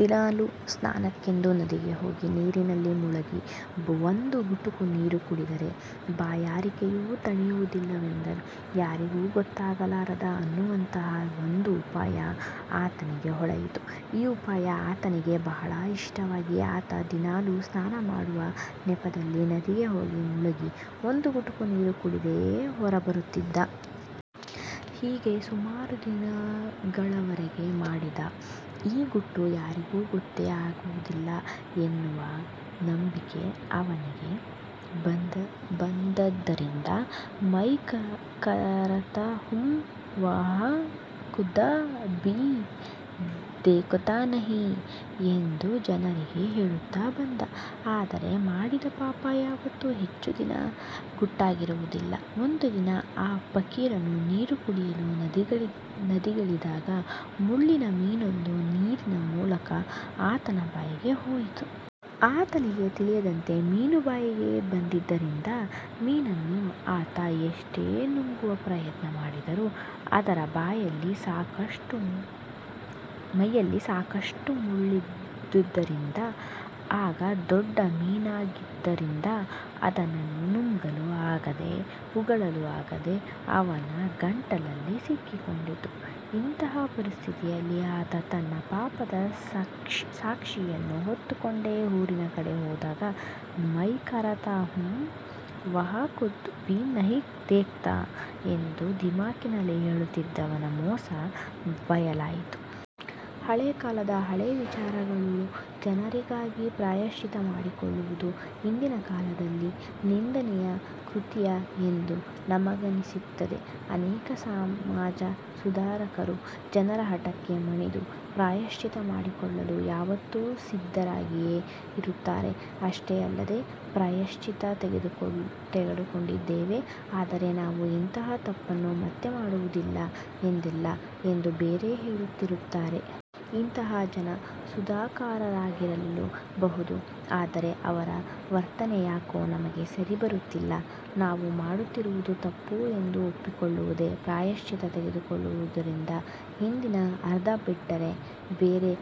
ದಿನಾಲೂ ಸ್ನಾನಕ್ಕೆಂದು ನದಿಗೆ ಹೋಗಿ ನೀರಿನಲ್ಲಿ ಮುಳುಗಿ ಒಂದು ಗುಟುಕು ನೀರು ಕುಡಿದರೆ ಬಾಯಾರಿಕೆಯೂ ತಣಿಯುವುದಲ್ಲದೆ ಯಾರಿಗೂ ಗೊತ್ತಾಗಲಾರದು ಅನ್ನುವಂತಹ ಒಂದು ಉಪಾಯ ಆತನಿಗೆ ಹೊಳೆಯಿತು. ಈ ಉಪಾಯ ಆತನಿಗೆ ಬಹಳ ಇಷ್ಟವಾಗಿ ಆತ ದಿನಾಲೂ ಸ್ನಾನ ಮಾಡುವ ನೆಪದಲ್ಲಿ ನದಿಗೆ ಹೋಗಿ ಮುಳುಗಿ ಒಂದು ಗುಟುಕು ನೀರು ಕುಡಿದೇ ಹೊರಬರುತ್ತಿದ್ದ. ಹೀಗೆ ಸುಮಾರು ದಿನಗಳವರೆಗೆ ಮಾಡಿದಾಗ ಈ ಗುಟ್ಟು ಯಾರಿಗೂ ಗೊತ್ತೇ ಆಗುವುದಿಲ್ಲ ಅನ್ನುವ ನಂಬಿಕೆ ಅವನಿಗೆ ಬಂದದ್ದರಿಂದ ''ಮೈ ಕರತಾ ಹೂಂ ವಹ್ ಖುದಾ ಭೀ ದೇಖತಾ ನಹಿ'' ಎಂದು ಜನರಿಗೆ ಹೇಳುತ್ತಾ ಬಂದ. ಆದರೆ ಮಾಡಿದ ಪಾಪ ಯಾವತ್ತೂ ಹೆಚ್ಚು ದಿನ ಗುಟ್ಟಾಗಿರುವುದಿಲ್ಲ. ಒಂದು ದಿನ ಆ ಫಕೀರನು ನೀರು ಕುಡಿಯಲು ನದಿಗಿಳಿದಾಗ ಮುಳ್ಳಿನ ಮೀನೊಂದು ನೀರಿನ ಮೂಲಕ ಆತನ ಬಾಯಿಗೆ ಹೋಯಿತು. ಆತನಿಗೆ ತಿಳಿಯದಂತೆ ಮೀನು ಬಾಯಿಗೆ ಬಂದಿದ್ದರಿಂದ ಮೀನನ್ನು ಆತ ಎಷ್ಟೇ ನುಂಗುವ ಪ್ರಯತ್ನ ಮಾಡಿದರೂ ಅದರ ಮೈಯಲ್ಲಿ ಸಾಕಷ್ಟು ಮುಳ್ಳುಗಳಿದ್ದುದರಿಂದ ಹಾಗೂ ದೊಡ್ಡ ಮೀನಾಗಿದ್ದರಿಂದ ಅವನದನ್ನು ನುಂಗಲೂ ಆಗದೆ ಉಗಳಲೂ ಆಗದೆ ಅವನ ಗಂಟಲಲ್ಲಿ ಸಿಕ್ಕಿಕೊಂಡಿತು. ಇಂತಹ ಪರಿಸ್ಥಿತಿಯಲ್ಲಿ ಆತ ತನ್ನ ಪಾಪದ ಸಾಕ್ಷಿಯನ್ನು ಹೊತ್ತುಕೊಂಡೇ ಊರಿನ ಕಡೆ ಹೋದಾಗ ''ಮೈ ಕರತಾ ಹೂಂ ವಹ್ ಖುದಾ ಭೀ ನಹಿ ದೇಖತಾ'' ಎಂದು ದಿಮಾಕಿನಲ್ಲಿ ಹೇಳುತ್ತಿದ್ದವನ ಮೋಸ ಬಯಲಾಯಿತು. ಹಳೇ ಕಾಲದ ಹಳೇ ವಿಚಾರಗಳುಳ್ಳ ಜನರಿಗಾಗಿ ಪ್ರಾಯಶ್ಚಿತ್ತ ಮಾಡಿಕೊಳ್ಳುವುದು ಇಂದಿನ ಕಾಲದಲ್ಲಿ ನಿಂದನೀಯ ಕೃತ್ಯ ಎಂದು ನಮಗನಿಸುತ್ತದೆ. ಅನೇಕ ಸಮಾಜ ಸುಧಾರಕರು ಜನರ ಹಠಕ್ಕೆ ಮಣಿದು ಪ್ರಾಯಶ್ಚಿತ್ತ ಮಾಡಿಕೊಳ್ಳಲೂ ಯಾವತ್ತೂ ಸಿದ್ಧರಾಗಿಯೇ ಇರುತ್ತಾರೆ. ಅಷ್ಟೇ ಅಲ್ಲದೆ 'ಪ್ರಾಯಶ್ಚಿತ್ತ ತೆಗೆದುಕೊಂಡಿದ್ದೇವೆ. ಅಂದರೆ ನಾವು ಇಂತಹ ತಪ್ಪನ್ನು ಮತ್ತೆ ಮಾಡುವುದಿಲ್ಲ ಎಂದಲ್ಲ' ಎಂದು ಬೇರೆ ಹೇಳುತ್ತಿರುತ್ತಾರೆ. ಇಂತಹ ಜನ ಸುಧಾರಕರಾಗಿರಲೂ ಬಹುದು. ಆದರೆ ಅವರ ವರ್ತನೆ ಯಾಕೋ ನಮಗೆ ಸರಿ ಬರುತ್ತಿಲ್ಲ. ನಾವು ಮಾಡುತ್ತಿರುವುದು ತಪ್ಪು ಎಂದು ಒಪ್ಪಿಕೊಳ್ಳುವುದೇ ಪ್ರಾಯಶ್ಚಿತ್ತ ತೆಗೆದುಕೊಳ್ಳುವುದರ ಹಿಂದಿನ ಅರ್ಥ ಬಿಟ್ಟರೆ ಬೇರೆ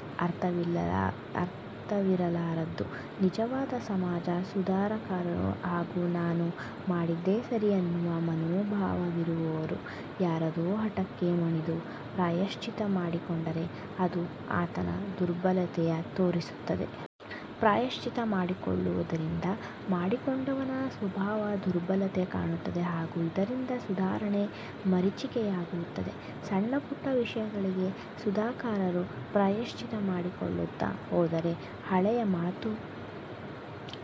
ಅರ್ಥವಿರಲಾರದು. ನಿಜವಾದ ಸಮಾಜ ಸುಧಾರಕರು ಹಾಗೂ ನಾನು ಮಾಡಿದ್ದೇ ಸರಿ ಅನ್ನುವ ಮನೋಭಾವವಿರುವವರು ಯಾರದ್ದೋ ಹಠಕ್ಕೆ ಮಣಿದು ಪ್ರಾಯಶ್ಚಿತ್ತ ಮಾಡಿಕೊಂಡರೆ ಅದು ಆತನ ದುರ್ಬಲತೆಯನ್ನು ತೋರಿಸುತ್ತದೆ. ಪ್ರಾಯಶ್ಚಿತ್ತ ಮಾಡಿಕೊಳ್ಳುವುದರಿಂದ ಮಾಡಿಕೊಂಡವನ ಸ್ವಭಾವದ ದುರ್ಬಲತೆ ಕಾಣುತ್ತದೆ. ಹಾಗೂ ಇದರಿಂದ ಸುಧಾರಣೆ ಮರೀಚಿಕೆಯಾಗುತ್ತದೆ. ಸಣ್ಣಪುಟ್ಟ ವಿಷಯಗಳಿಗೆ ಸುಧಾರಕರು ಪ್ರಾಯಶ್ಚಿತ್ತ ಮಾಡಿಕೊಳ್ಳುತ್ತಾ ಹೋದರೆ ಹಳೆಯ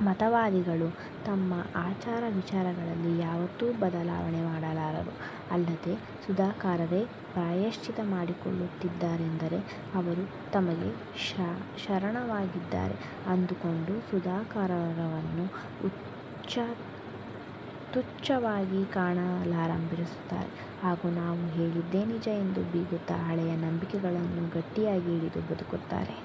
ಮತವಾದಿಗಳು ತಮ್ಮ ಆಚಾರವಿಚಾರಗಳಲ್ಲಿ ಯಾವತ್ತೂ ಬದಲಾವಣೆ ಮಾಡಲಾರರು. ಅಲ್ಲದೆ, ಸುಧಾರಕರೇ ಪ್ರಾಯಶ್ಚಿತ್ತ ಮಾಡಿಕೊಳ್ಳುತ್ತಿದ್ದಾರೆಂದರೆ ಅವರು ತಮಗೆ ಶರಣಾಗಿದ್ದಾರೆ ಅಂದುಕೊಂಡು ಸುಧಾರಕರನ್ನವರು ತುಚ್ಛವಾಗಿ ಕಾಣಲಾರಂಭಿಸುತ್ತಾರೆ ಹಾಗೂ ನಾವು ಹೇಳಿದ್ದೇ ನಿಜ ಎಂದು ಬೀಗುತ್ತ ಹಳೆಯ ನಂಬಿಕೆಗಳನ್ನೇ ಗಟ್ಟಿಯಾಗಿ ಹಿಡಿದು ಬದುಕುತ್ತಾರೆ.